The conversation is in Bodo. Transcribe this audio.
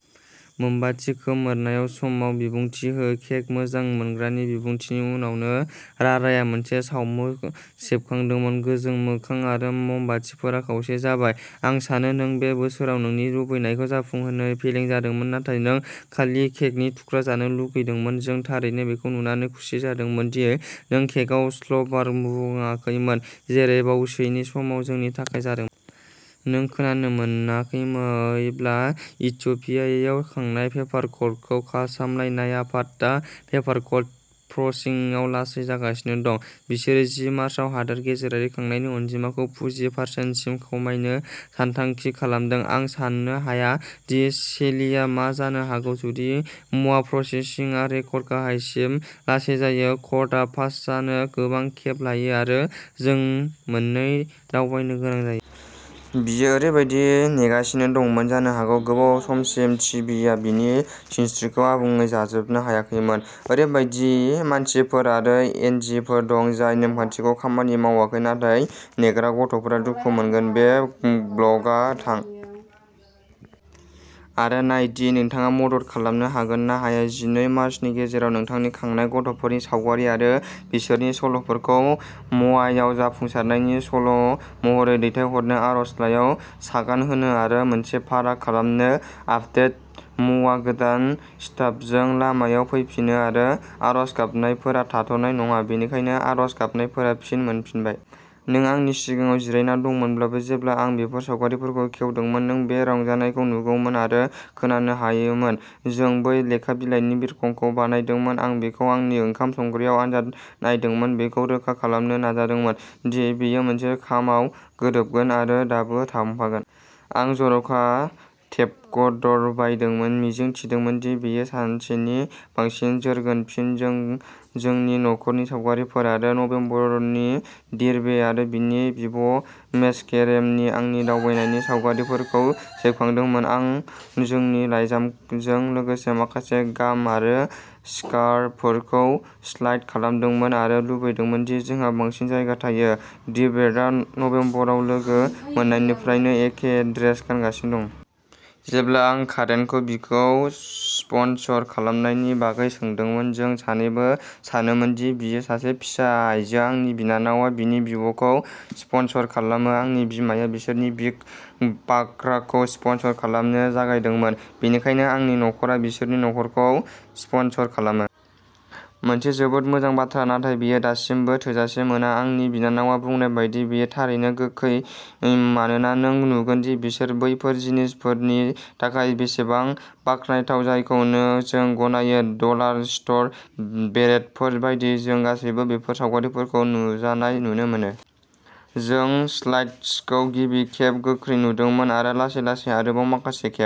मोमबाति खोमोरनाय समाव बिबुंथि हो केक मोजां मोनग्रानि बिबुंथिनि उनावनो राराया मोनसे सावमु सेबखांदोंमोन गोजों मोखां आरो ममबातिफोरा खावसे जाबाय आं सानो नों बे बोसोराव नोंनि लुबैनायखौ जाफुंहोनो फेलें जादोंमोन नाथाय नों खालि केकनि थुख्रा जानो लुगैदोंमोन जों थारैनो बेखौ नुनानै खुसि जादोंमोन दि नों केकआव स्लबार बुङाखैमोन जेरै बावैसोनि समाव जोंनि थाखाय जादोंमोन। नों खोनानो मोनाखैब्ला इथिय'पियायाव खांनाय पेपारवर्कखौ सामलायनाय आफादआ पेपारवर्क प्रसेसिंआव लासै जागासिनो दं। बिसोरो जि मार्चाव हादोर गेजेरारि खांनायनि अनजिमाखौ गुजि पार्सेन सिम खमायनो सानथांखि खालामदों आं सान्नो हाया दि सेलिआ मा जानो हागौ जुदि म'वा प्रसेसिंआ रेकर्ड गाहायसिम लासै जायो कर्टआ पास जानो गोबां खेब लायो आरो जों मोननै दावबायनो गोनां जायो। बियो ओरैबायदि नेगासिनो दंमोन जानो हागौ गोबाव समसिम टि बि आ बिनि सिनस्रिखौ आबुङै जाजोबनो हायाखैमोन। ओरैबायदि मानसिफोर आरो एजेन्सिफोर दं जाय नेमखान्थियै खामानि मावाखै नाथाय नेग्रा गथ'फोरा दुखु मोनगोन। बे ब्लगआव थां आरो नाय दि नोंथाङा मदद खालामनो हागोन ना हाया जिनै मार्चनि गेजेराव नोंथांनि खांनाय गथ'फोरनि सावगारि आरो बिसोरनि सल'फोरखौ म'वायाव जाफुंसारनायनि सल'महरै दैथायहरनो आर'जलाइयाव सागान होनो आरो मोनसे फाराग खालामनो आपदेट म'वा गोदान स्टाफजों लामायाव फैफिनो आरो आर'ज गाबनायफोरा थाद'नाय नङा बेनिखायनो आर'ज गाबनायफोरा फिन मोनफिनबाय! नों आंनि सिगाङाव जिरायना दंमोनब्ला जेब्ला आं बेफोर सावगारिफोरखौ खेवदोंमोन नों बे रंजानायखौ नुगौमोन आरो खोनानो हायोमोन जों बै लेखा बिलाइनि बिरखंखौ बानायदोंमोन आं बेखौ आंनि ओंखाम संग्रायाव आनजाद नायदोंमोन बेखौ रोखा खालामनो नाजादोंमोन दि बेयो मोनसे खामाव गोरोबगोन आरो दाबो थांफागोन। आं जर'खा टेगब'र्ड बायदोंमोन मिजिं थिदोंमोन दि बेयो सानसेनि बांसिन जोरगोन फिन जों जोंनि नखरनि सावगारिफोर आरो नभेम्बरनि दिर्बे आरो बिनि बिब'मेस्केरेमनि आंनि दावबायनायनि सावगारिफोरखौ सेबखांदोंमोन आं जोंनि लाइजामजों लोगोसे माखासे गाम आरो स्टिकारफोरखौ स्लाइड खालामदोंमोन आरो लुबैदोंमोन दि जोंहा बांसिन जायगा थायो दिर्बेआ नबेम्बराव लोगो मोननायनिफ्रायनो एखे ड्रेस गानगासिनो दं। जेब्ला आं कारेनखौ बिखौ स्पन्सर खालामनायनि बागै सोंदोंमोन जों सानैबो सानोमोन दि बियो सासे फिसा आइजो आंनि बिनानावया बिनि बिब'खौ स्पन्सर खालामो आंनि बिमाया बिसोरनि बिग ब्राखौ स्पन्सर खालामनो जागायदोंमोन बेनिखायनो आंनि नखरा बिसोरनि नखरखौ स्पन्सर खालामो। मोनसे जोबोद मोजां बाथ्रा नाथाय बेयो दासिमबो थोजासे मोना आंनि बिनानावया बुंनाय बायदि बेयो थारैनो गोखै मानोना नों नुगोन दि बिसोर बैफोर जिनिसफोरनि थाखाय बेसेबां बाखनायथाव जायखौ जों गनायो डलार स्ट'र बेरेटफोर बायदि जों गासैबो बेफोर सावगारिफोरजों नुजानाय नुनो मोनो। जों स्लाइडश'खौ गिबि खेब गोख्रै नुदोंमोन आरो लासै-लासै आरोबाव माखासे खेब।